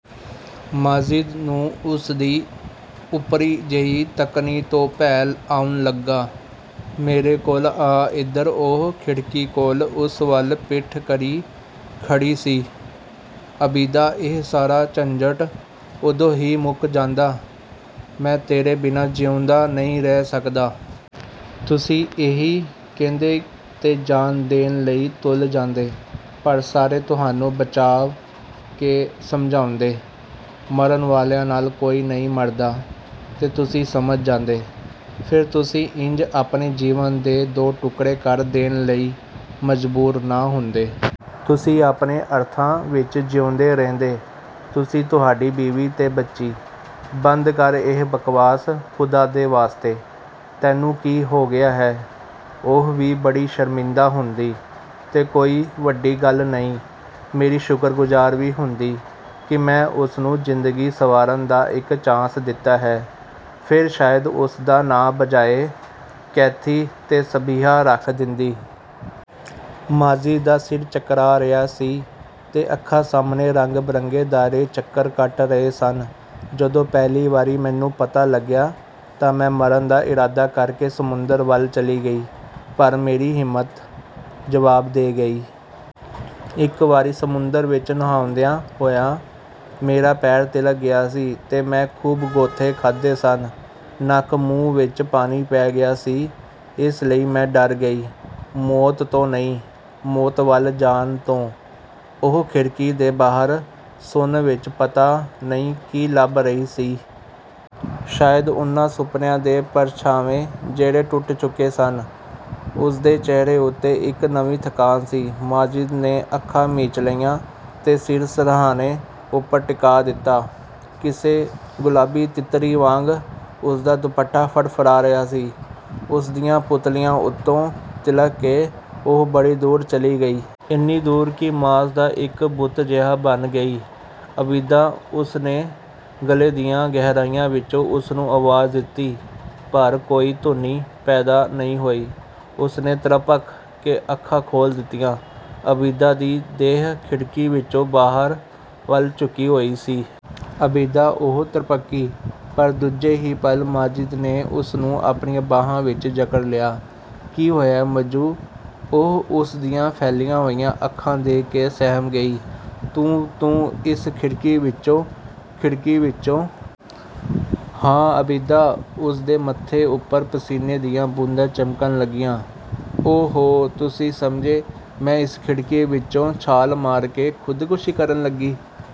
"ਮਾਜਿਦ ਨੂੰ ਉਸਦੀ ਓਪਰੀ-ਜਿਹੀ ਤੱਕਣੀ ਤੋਂ ਭੈ ਆਉਣ ਲੱਗਾ। 'ਮੇਰੇ ਕੋਲ ਆ ਇੱਧਰ!'" ਉਹ ਖਿੜਕੀ ਕੋਲ ਉਸ ਵੱਲ ਪਿੱਠ ਕਰੀ ਖੜ੍ਹੀ ਸੀ। "ਆਬਿਦਾ" "ਇਹ ਸਾਰਾ ਝੰਜਟ ਉਦੋਂ ਹੀ ਮੁੱਕ ਜਾਂਦਾ" "ਮੈਂ ਤੇਰੇ ਬਿਨਾਂ ਜਿਊਂਦਾ ਨਹੀਂ ਰਹਿ ਸਕਦਾ।" "ਤੁਸੀਂ ਇਹੀ ਕਹਿੰਦੇ, ਤੇ ਜਾਨ ਦੇਣ ਲਈ ਤੁਲ ਜਾਂਦੇ। ਪਰ ਸਾਰੇ ਤੁਹਾਨੂੰ ਬਚਾਅ ਕੇ ਸਮਝਾਉਂਦੇ, 'ਮਰਨ ਵਾਲਿਆਂ ਨਾਲ ਕੋਈ ਨਹੀਂ ਮਰਦਾ।' ਤੇ ਤੁਸੀਂ ਸਮਝ ਜਾਂਦੇ। ਫਿਰ ਤੁਸੀਂ ਇੰਜ ਆਪਣੇ ਜੀਵਨ ਦੇ ਦੋ ਟੁਕੜੇ ਕਰ ਦੇਣ ਲਈ ਮਜਬੂਰ ਨਾ ਹੁੰਦੇ। ਤੁਸੀਂ ਆਪਣੇ ਅਰਥਾਂ ਵਿੱਚਜਿਊਂਦੇ ਰਹਿੰਦੇ। ਤੁਸੀਂ, ਤੁਹਾਡੀ ਬੀਵੀ ਤੇ ਬੱਚੀ।" "ਬੰਦ ਕਰ ਇਹ ਬਕਵਾਸ, ਖ਼ੁਦਾ ਦੇ ਵਾਸਤੇ! ਤੈਨੂੰ ਕੀ ਹੋ ਗਿਆ ਹੈ?" "ਉਹ ਵੀ ਬੜੀ ਸ਼ਰਮਿੰਦਾ ਹੁੰਦੀ। ਤੇ ਕੋਈ ਵੱਡੀ ਗੱਲ ਨਹੀਂ, ਮੇਰੀ ਸ਼ੁਕਰਗੁਜ਼ਾਰ ਵੀ ਹੁੰਦੀ ਕਿ ਮੈਂ ਉਸਨੂੰ ਜ਼ਿੰਦਗੀ ਸੰਵਾਰਨ ਦਾ ਇੱਕ ਚਾਂਸ ਦਿੱਤਾ ਹੈ, ਫਿਰ ਸ਼ਾਇਦ ਉਸਦਾ ਨਾਂ ਬਜਾਏ ਕੈਥੀ ਦੇ ਸਬੀਹਾ ਰੱਖ ਦੇਂਦੀ।" ਮਾਜਿਦ ਦਾ ਸਿਰ ਚਕਰਾ ਰਿਹਾ ਸੀ ਤੇ ਅੱਖਾਂ ਸਾਹਮਣੇ ਰੰਗ-ਬਿਰੰਗੇ ਦਾਇਰੇ ਚੱਕਰ ਕੱਟ ਰਹੇ ਸਨ। "ਜਦੋਂ ਪਹਿਲੀ ਵਾਰੀ ਮੈਨੂੰ ਪਤਾ ਲੱਗਿਆ ਤਾਂ ਮੈਂ ਮਰਨ ਦਾ ਇਰਾਦਾ ਕਰਕੇ ਸਮੁੰਦਰ ਵੱਲ ਚਲੀ ਗਈ, ਪਰ ਮੇਰੀ ਹਿੰਮਤ ਜਵਾਬ ਦੇ ਗਈ। ਇੱਕ ਵਾਰੀ ਸਮੁੰਦਰ ਵਿੱਚ ਨਹਾਉਂਦਿਆਂ ਹੋਇਆਂ ਮੇਰਾ ਪੈਰ ਤਿਲ੍ਹਕ ਗਿਆ ਸੀ ਤੇ ਮੈਂ ਖੂਬ ਗੋਤੇ ਖਾਧੇ ਸਨ, ਨੱਕ-ਮੂੰਹ ਵਿੱਚ ਪਾਣੀ ਪੈ ਗਿਆ ਸੀ। ਇਸ ਲਈ ਮੈਂ ਡਰ ਗਈ, ਮੌਤ ਤੋਂ ਨਹੀਂ, ਮੌਤ ਵੱਲ ਜਾਣ ਤੋਂ" ਉਹ ਖਿੜਕੀ ਦੇ ਬਾਹਰ ਸੁੰਨ ਵਿੱਚ ਪਤਾ ਨਹੀਂ ਕੀ ਲੱਭ ਰਹੀ ਸੀ? ਸ਼ਾਇਦ ਉਹਨਾਂ ਸੁਪਨਿਆਂ ਦੇ ਪਰਛਾਵੇਂ, ਜਿਹੜੇ ਟੁੱਟ ਚੁੱਕੇ ਸਨ। ਉਸਦੇ ਚਿਹਰੇ ਉੱਤੇ ਇੱਕ ਨਵੀਂ ਥਕਾਨ ਸੀ। ਮਾਜਿਦ ਨੇ ਅੱਖਾਂ ਮੀਚ ਲਈਆਂ ਤੇ ਸਿਰ ਸਿਰਹਾਣੇ ਉੱਪਰ ਟਿਕਾ ਦਿੱਤਾ। ਕਿਸੇ ਗੁਲਾਬੀ ਤਿੱਤਰੀ ਵਾਂਗ ਉਸਦਾ ਦੁਪੱਟਾ ਫੜਫੜਾ ਰਿਹਾ ਸੀ, ਉਸਦੀਆਂ ਪੁਤਲੀਆਂ ਉਤੋਂ ਤਿਲ੍ਹਕ ਕੇ ਉਹ ਬੜੀ ਦੂਰ ਚਲੀ ਗਈ। ਇੰਨੀ ਦੂਰ ਕਿ ਮਾਸ ਦਾ ਇੱਕ ਬੁੱਤ ਜਿਹਾ ਬਣ ਗਈ। "ਆਬਿਦਾ" ਉਸਨੇ ਗਲ਼ੇ ਦੀਆਂ ਗਹਿਰਾਈਆਂ ਵਿੱਚੋਂ ਉਸਨੂੰ ਆਵਾਜ਼ ਦਿੱਤੀ, ਪਰ ਕੋਈ ਧੁਨੀ ਪੈਦਾ ਨਹੀਂ ਹੋਈ। ਉਸਨੇ ਤ੍ਰਭਕ ਕੇ ਅੱਖਾਂ ਖੋਲ੍ਹ ਦਿੱਤੀਆਂ। ਆਬਿਦਾ ਦੀ ਦੇਹ ਖਿੜਕੀ ਵਿੱਚੋਂ ਬਾਹਰ ਵੱਲ ਝੁਕੀ ਹੋਈ ਸੀ। "ਆਬਿਦਾ" ਉਹ ਤ੍ਰਭਕੀ। ਪਰ ਦੂਜੇ ਹੀ ਪਲ ਮਾਜਿਦ ਨੇ ਉਸਨੂੰ ਆਪਣੀਆਂ ਬਾਹਾਂ ਵਿੱਚ ਜਕੜ ਲਿਆ। "ਕੀ ਹੋਇਆ ਮੱਜੂ?" ਉਹ ਉਸਦੀਆਂ ਫੈਲੀਆਂ ਹੋਈਆਂ ਅੱਖਾਂ ਦੇਖ ਕੇ ਸਹਿਮ ਗਈ। "ਤੂੰ-ਤੂੰ, ਇਸ ਖਿੜਕੀ ਵਿੱਚੋਂ" "ਖਿੜਕੀ ਵਿੱਚੋਂ?" "ਹਾਂ, ਆਬਿਦਾ," ਉਸਦੇ ਮੱਥੇ ਉੱਪਰ ਪਸੀਨੇ ਦੀਆਂ ਬੂੰਦਾਂ ਚਮਕਣ ਲੱਗੀਆਂ। "ਓ-ਹੋ, ਤੁਸੀਂ ਸਮਝੇ, ਮੈਂ ਇਸ ਖਿੜਕੀ ਵਿੱਚੋਂ ਛਾਲ ਮਾਰ ਕੇ ਖੁਦਕਸ਼ੀ ਕਰਨ ਲੱਗੀ"